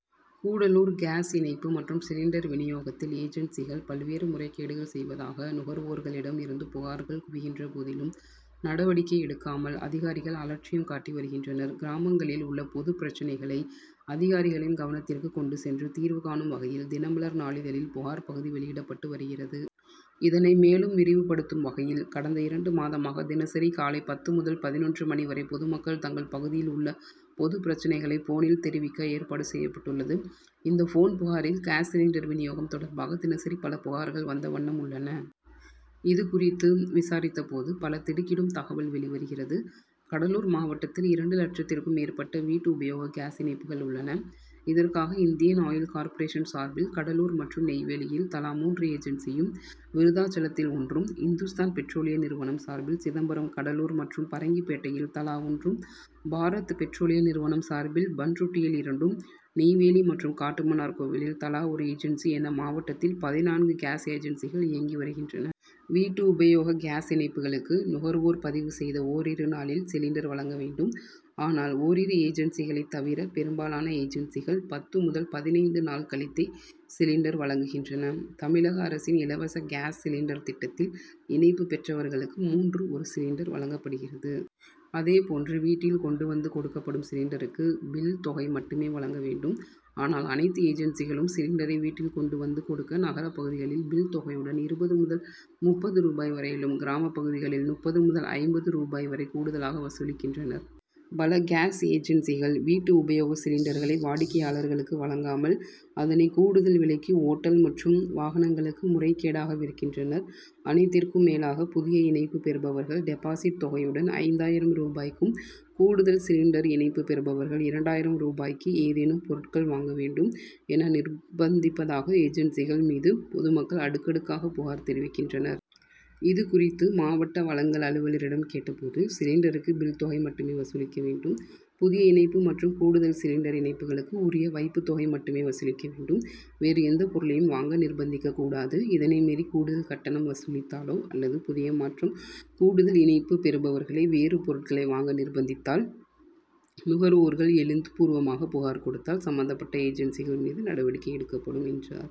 Cuddalore gas இணைப்பு மற்றும் cylinder வினியோகத்தில் ஏஜன்சிகள் பல்வேறு முறைகேடுகள் செய்வதாக நுகர்வோர்களிடம் இருந்து புகார்கள் குவிகின்ற போதிலும், நடவடிக்கை எடுக்காமல் அதிகாரிகள் அலட்சியம் காட்டி வருகின்றனர். கிராமங்களில் உள்ள பொதுப் பிரச்னைகளை அதிகாரிகளின் கவனத்திற்கு கொண்டு சென்று, தீர்வு காணும் வகையில் தினமலர் நாளிதழில் புகார் பகுதி வெளியிடப்பட்டு வருகிறது. இதனை மேலும் விரிவுப்படுத்தும் வகையில் கடந்த இரண்டு மாதமாக தினசரி காலை பத்து முதல் பதினொன்று மணி வரை பொதுமக்கள் தங்கள் பகுதியில் உள்ள பொதுப் பிரச்னைகளை போனில் தெரிவிக்க ஏற்பாடு செய் யப்பட்டுள்ளது. இந்த போன் புகாரில் காஸ் சிலிண்டர் வினியோகம் தொடர்பாக தினசரி பல புகார்கள் வந்த வண்ணம் உள்ளன. இதுகுறித்து விசாரித்தபோது பல திடுக்கிடும் தகவல் வெளி வருகிறது. கடலூர் மாவட்டத்தில் இரண்டு லட்சத்திற்கும் மேற்பட்ட வீட்டு உபயோக காஸ் இணைப்புகள் உள்ளன. இதற்காக இந்தியன் ஆயில் கார்பரேஷன் சார்பில் கடலூர் மற்றும் நெய்வேலியில் தலா மூன்று ஏஜன்சியும், விருத் தாசலத்தில் ஒன்றும், இந் துஸ்தான் பெட்ரோலிய நிறுவனம் சார்பில் சிதம்பரம், கடலூர் மற்றும் பரங்கிப்பேட்டையில் தலா ஒன்றும், பாரத் பெட்ரோலிய நிறுவனம் சார்பில் பண்ருட்டியில் இரண்டும், நெய்வேலி மற்றும் காட்டுமன்னார் கோவிலில் தலா ஒரு ஏஜன்சி என மாவட்டத்தில் பதினான்கு காஸ் ஏஜன்சிகள் இயங்கி வருகின்றன. வீட்டு உபயோக காஸ் இணைப்புகளுக்கு நுகர் வோர் பதிவு செய்த ஓரிரு நாளில் சிலிண்டர் வழங்க வேண்டும். ஆனால் ஓரிரு ஏஜன்சிகளைத் தவிர பெரும்பாலான ஏஜன்சிகள் பத்து முதல் பதினைந்து நாள் கழித்தே சிலிண்டர் வழங்குகின்றன. தமிழக அரசின் இலவச காஸ் சிலிண்டர் திட்டத்தில் இணைப்பு பெற்றவர்களுக்கு மூன்று ஒரு சிலிண்டர் வழங்கப்படுகிறது. அதேப்போன்று வீட்டில் கொண்டு வந்து கொடுக்கப்படும் சிலிண்டருக்கு பில்' தொகை மட்டுமே வழங்க வேண்டும். ஆனால் அனைத்து ஏஜன்சிகளும் சிலிண்டரை வீட்டில் கொண்டு வந்த கொடுக்க நகர பகுதிகளில் பில் தொகையுடன் இருபது முதல் முப்பது ரூபாய் வரையிலும், கிராமப் பகுதிகளில் முப்பது முதல் ஐம்பது ரூபாய் வரை கூடுதலாக வசூலிக்கின்றனர். பல காஸ் ஏஜன்சிகள் வீட்டு உபயோக சிலிண்டர்களை வாடிக்கையாளர்களுக்கு வழங்காமல், அதனை கூடுதல் விலைக்கு ஓட்டல் மற்றும் வாகனங்களுக்கு முறைகேடாக விற்கின்றனர். அனைத்திற்கும் மேலாக புதிய இணைப்பு பெறுபவர்கள் டெபாசிட் தொகையுடன், ஐந்தாயிரம் ரூபாயக்கும், கூடுதல் சிலிண்டர் இணைப்பு பெறுபவர்கள் இரண்டாயிரம் ரூபாய்க்கு ஏதேனும் பொருட்கள் வாங்க வேண்டும் என நிர்பந்திப்பதாக ஏஜன்சிகள் மீது பொதுமக்கள் அடுக்கடுக்காக புகார் தெரிவிக்கின்றனர். இதுகுறித்து மாவட்ட வழங்கல் அலுவலரிடம் கேட்டபோது, சிலிண்டருக்கு பில் தொகை மட்டுமே வசூலிக்க வேண்டும். புதிய இணைப்பு மற்றும் கூடுதல் சிலிணடர் இணைப்பு களுக்கு உரிய வைப்புத்தொகை மட்டுமே வசூலிக்க வேண்டும். வேறு எந்தபொருளையும் வாங்க நிர்பந்திக்கக்கூடாது. இதனை மீறி கூடுதல் கட்டணம் வசூலித்தாலோ அல்லது புதிய மற்றும் கூடுதல் இணைப்பு பெறுபவர்களை வேறு பொருட்களை வாங்க நிர்பந்தித்தால் நுகர்வோர்கள் எழுத்து பூர்வமாக புகார் கொடுத்தால் சம்மந்தப் பட்ட ஏஜன்சிகள் மீது நடவடிக்கை எடுக்கப்படும் என்றார்.